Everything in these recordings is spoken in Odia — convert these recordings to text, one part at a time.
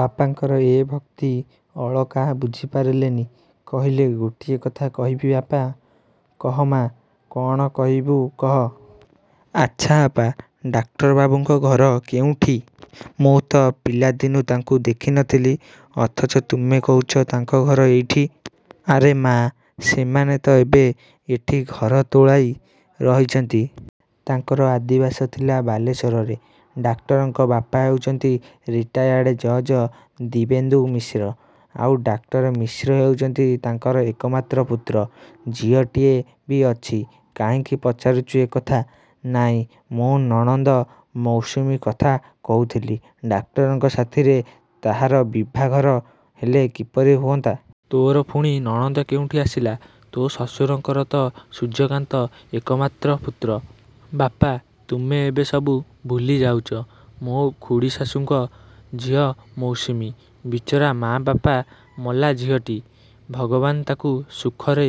ବାପାଙ୍କର ଏ ଉକ୍ତି ଅଳକା ବୁଝିପାରିଲେନି। କହିଲେ ଗୋଟିଏ କଥା କହିବି ବାପା? -କହ ମା', କ'ଣ କହିବୁ କହ। -ଆଚ୍ଛା ବାପା, ଡାକ୍ତର ବାବୁଙ୍କ ଘର କେଉଁଠି? ମୁଁ ତ ପିଲାଦିନୁ ତାଙ୍କୁ ଦେଖିନଥିଲି, ଅଥଚ ତୁମେ କହୁଛ ତାଙ୍କ ଘର ଏଇଠି। ଆରେ ମା', ସେମାନେ ତ ଏବେ ଏଠି ଘର ତୋଳାଇ ରହିଛନ୍ତି। ତାଙ୍କର ଆଦିବାସ ଥିଲା ବାଲେଶ୍ୱରରେ। ଡାକ୍ତରଙ୍କ ବାପା ହେଉଛନ୍ତି ରିଟାୟାଡ଼୍ ଜଜ୍ ଦିବ୍ୟେନ୍ଦୁ ମିଶ୍ର, ଆଉ ଡାକ୍ତର ମିଶ୍ର ହେଉଛନ୍ତି ତାଙ୍କର ଏକମାତ୍ର ପୁତ୍ର। ଝିଅଟିଏ ବି ଅଛି। କାହିଁକି ପଚାରୁଛୁ ଏ କଥା। ନାଇଁ, ମୋ ନଣନ୍ଦ ମୌସୁମୀ କଥା କହୁଥିଲି। ଡାକ୍ତରଙ୍କ ସାଥିରେ ତାହାର ବିଭାଘର ହେଲେ କିପରି ହୁଅନ୍ତା? ତୋର ପୁଣି ନଣନ୍ଦ କେଉଁଠୁ ଆସିଲା? ତୋ ଶ୍ୱଶୁରଙ୍କର ତ ସୂର୍ଯ୍ୟକାନ୍ତ ଏକମାତ୍ର ପୁତ୍ର-। ବାପା, ତୁମେ ଏବେ ସବୁ ଭୁଲିଯାଉଛ! ମୋ ଖୁଡ଼ୀ ଶାଶୂଙ୍କ ଝିଅ ମୌସୁମୀ। ବିଚରା ମା' ବାପ ମଲା ଝିଅଟି, ଭଗବାନ ତାକୁ ସୁଖରେ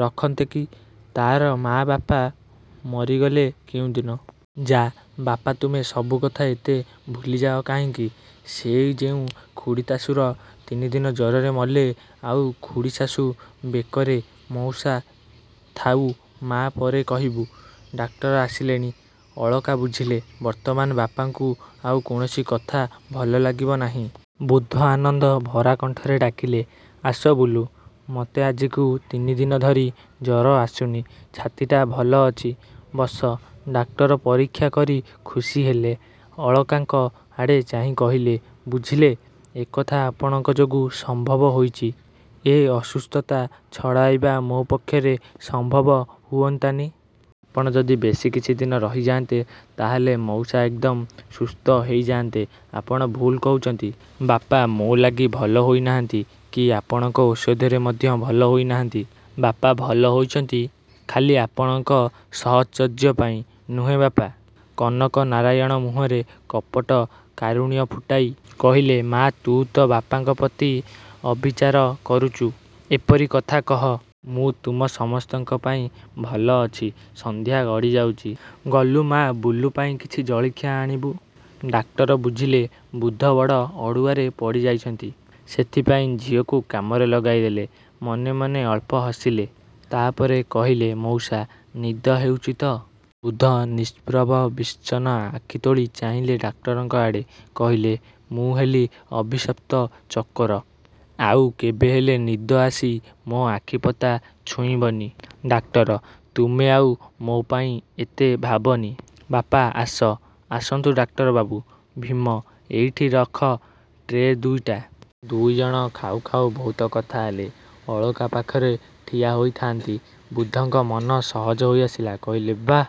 ରଖନ୍ତେକି! ତା'ର ମା' ବାପ ମରିଗଲେ କେଉଁଦିନ? -ଯା, ବାପା ତୁମେ ସବୁକଥା ଏତେ ଭୁଲିଯାଅ କାହିଁକି? ସେଇ ଯେଉଁ ଖୁଡ଼ୁତାଶୁର ତିନିଦିନ ଜ୍ୱରରେ ମଲେ, ଆଉ ଖୁଡ଼ୀ ଶାଶୂ ବେକରେ -ମଉସା -ଥାଉ ମା', ପରେ କହିବୁ। ଡାକ୍ତର ଆସିଲେଣି। ଅଳକା ବୁଝିଲେ, ବର୍ତ୍ତମାନ ବାପାଙ୍କୁ ଆଉ କୌଣସି କଥା ଭଲଲାଗିବ ନାହିଁ। ବୃଦ୍ଧ ଆନନ୍ଦ ଭରା କଣ୍ଠରେ ଡାକିଲେ-ଆସ ବୁଲୁ, ମୋତେ ଆଜିକୁ ତିନିଦିନ ଧରି ଜ୍ୱର ଆସୁନି। ଛାତିଟା ଭଲ ଅଛି, ବସ। ଡାକ୍ତର ପରୀକ୍ଷା କରି ଖୁସିହେଲେ। ଅଳକାଙ୍କ ଆଡ଼େ ଚାହିଁ କହିଲେ-ବୁଝିଲେ, ଏକଥା ଆପଣଙ୍କ ଯୋଗୁ ସମ୍ଭବ ହୋଇଛି। ଏ ଅସୁସ୍ଥତା ଛଡ଼ାଇବା ମୋ ପକ୍ଷରେ ସମ୍ଭବ ହୁଅନ୍ତାନି। ଆପଣ ଯଦି ବେଶ୍ କିଛିଦିନ ରହିଯାଆନ୍ତେ, ତାହେଲେ ମଉସା ଏକଦମ୍ ସୁସ୍ଥ ହେଇଯା'ନ୍ତେ। ଆପଣ ଭୁଲ୍ କହୁଛନ୍ତି। ବାପା ମୋ ଲାଗି ଭଲ ହୋଇନାହାନ୍ତି, କି ଆପଣଙ୍କ ଔଷଧରେ ମଧ୍ୟ ଭଲ ହୋଇନାହାନ୍ତି, ବାପା ଭଲ ହୋଇଛନ୍ତି-ଖାଲି ଆପଣଙ୍କ ସହଚର୍ଯ୍ୟା ପାଇଁ। ନୁହେଁ ବାପା? କନକନାରାୟଣ ମୁହଁରେ କପଟ କାରୁଣ୍ୟ ଫୁଟାଇ କହିଲେ ମା' ତୁ ତୋ ବାପାଙ୍କ ପ୍ରତି ଅବିଚାର କରୁଛୁ ଏପରି କଥା କହ। ମୁଁ ତୁମ ସମସ୍ତଙ୍କ ପାଇଁ ଭଲ ଅଛି। ସନ୍ଧ୍ୟା ଗଡ଼ିଯାଉଛି, ଗଲୁ ମା' ବୁଲୁ ପାଇଁ କିଛି ଜଳଖିଆ ଆଣିବୁ। ଡାକ୍ତର ବୁଝିଲେ ବୃଦ୍ଧ ବଡ଼ ଅଡ଼ୁଆରେ ପଡ଼ିଯାଇଛନ୍ତି। ସେଥିପାଇଁ ଝିଅକୁ କାମରେ ଲଗାଇଦେଲେ। ମନେ ମନେ ଅଳ୍ପ ହସିଲେ, ତାପରେ କହିଲେ-ମଉସା, ନିଦ ହେଉଛି ତ? ବୃଦ୍ଧ ନିଷ୍ପ୍ରଭ ବିଷନ୍ନ ଆଖି ତୋଳି ଚାହିଁଲେ ଡାକ୍ତରଙ୍କ ଆଡ଼େ। କହିଲେ,-ମୁଁ ହେଲି ଅଭିଶପ୍ତ ଚକୋର। ଆଉ କେବେହେଲେ ନିଦ ଆସି ମୋ ଆଖିପତା ଛୁଇଁବନି। ଡାକ୍ତର, ତୁମେ ଆଉ ମୋ ପାଇଁ ଏତେ ଭାବନି। -ବାପା ଆସ। ଆସନ୍ତୁ ଡାକ୍ତର ବାବୁ। ଭୀମ, ଏଇଠି ରଖ ଟ୍ରେ ଦୁଇଟା। ଦୁଇଜଣ ଖାଉ ଖାଉ ବହୁତ କଥା ହେଲେ। ଅଳକା ପାଖରେ ଠିଆ ହୋଇଥାନ୍ତି। ବୃଦ୍ଧଙ୍କ ମନ ସହଜ ହୋଇଆସିଛି। କହିଲେ-ବାଃ,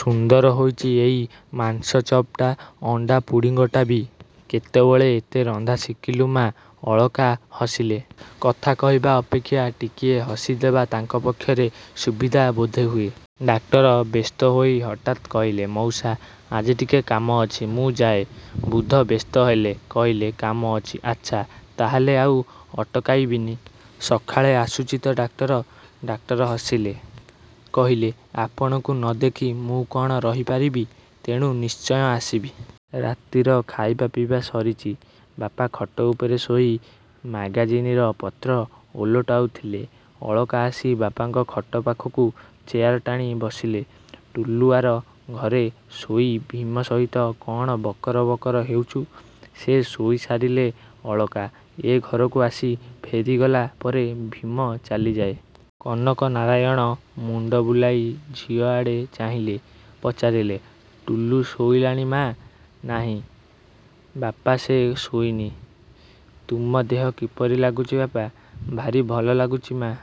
ସୁନ୍ଦର ହୋଇଛି ଏଇ ମାଂସ ଚପ୍ଟା ଅଣ୍ଡା ପୁଡ଼ିଙ୍ଗଟା ବି। କେତେବେଳେ ଏତେ ରନ୍ଧା ଶିଖିଲୁ ମା'? ଅଳକା ହସିଲେ। କଥା କହିବା ଅପେକ୍ଷା ଟିକିଏ ହସିଦେବା ତାଙ୍କ ପକ୍ଷରେ ସୁବିଧା ବୋଧହୁଏ। ଡାକ୍ତର ବ୍ୟସ୍ତହୋଇ ହଠାତ୍ କହିଲେ-ମଉସା, ଆଜି ଟିକେ କାମ ଅଛି, ମୁଁ ଯାଏ। ବୃଦ୍ଧ ବ୍ୟସ୍ତ ହେଲେ। କହିଲେ-କାମ ଅଛି? ଆଚ୍ଛା, ତା'ହେଲେ ଆଉ ଅଟକାଇବିନି। ସକାଳେ ଆସୁଛି ତ ଡାକ୍ତର? ଡାକ୍ତର ହସିଲେ।। କହିଲେ-ଆପଣଙ୍କୁ ନ ଦେଖି ମୁଁ କ'ଣ ରହିପାରିବି? ତେଣୁ ନିଶ୍ଚୟ ଆସିବି। ରାତିର ଖାଇବା ପିଇବା ସରିଛି। ବାପା ଖଟଉପରେ ଶୋଇ ମ୍ୟାଗାଜିନର ପତ୍ର ଓଲଟାଉଥିଲେ। ଅଳକା ଆସି ବାପାଙ୍କ ଖଟ ପାଖକୁ ଚେୟାର ଟାଣି ବସିଲେ। ଟୁଲୁ ଆର ଘରେ ଶୋଇ ଭୀମ ସହିତ କ'ଣ ବକର ବକର ହେଉଛି। ସେ ଶୋଇ ସାରିଲେ ଅଳକା ଏ ଘରକୁ ଆସି ଫେରିଗଲା ପରେ ଭୀମ ଚାଲିଯାଏ। କନକ ନାରାୟଣ ମୁଣ୍ଡବୁଲାଇ ଝିଅଆଡ଼େ ଚାହିଁଲେ। ପଚାରିଲେ-ଟୁଲୁ ଶୋଇଲାଣି ମା'। ନାହିଁ ବାପା ସେ ଶୋଇନି। ତୁମ ଦେହ କିପରି ଲାଗୁଛି ବାପା? -ଭାରି ଭଲ ଲାଗୁଛି ମା'।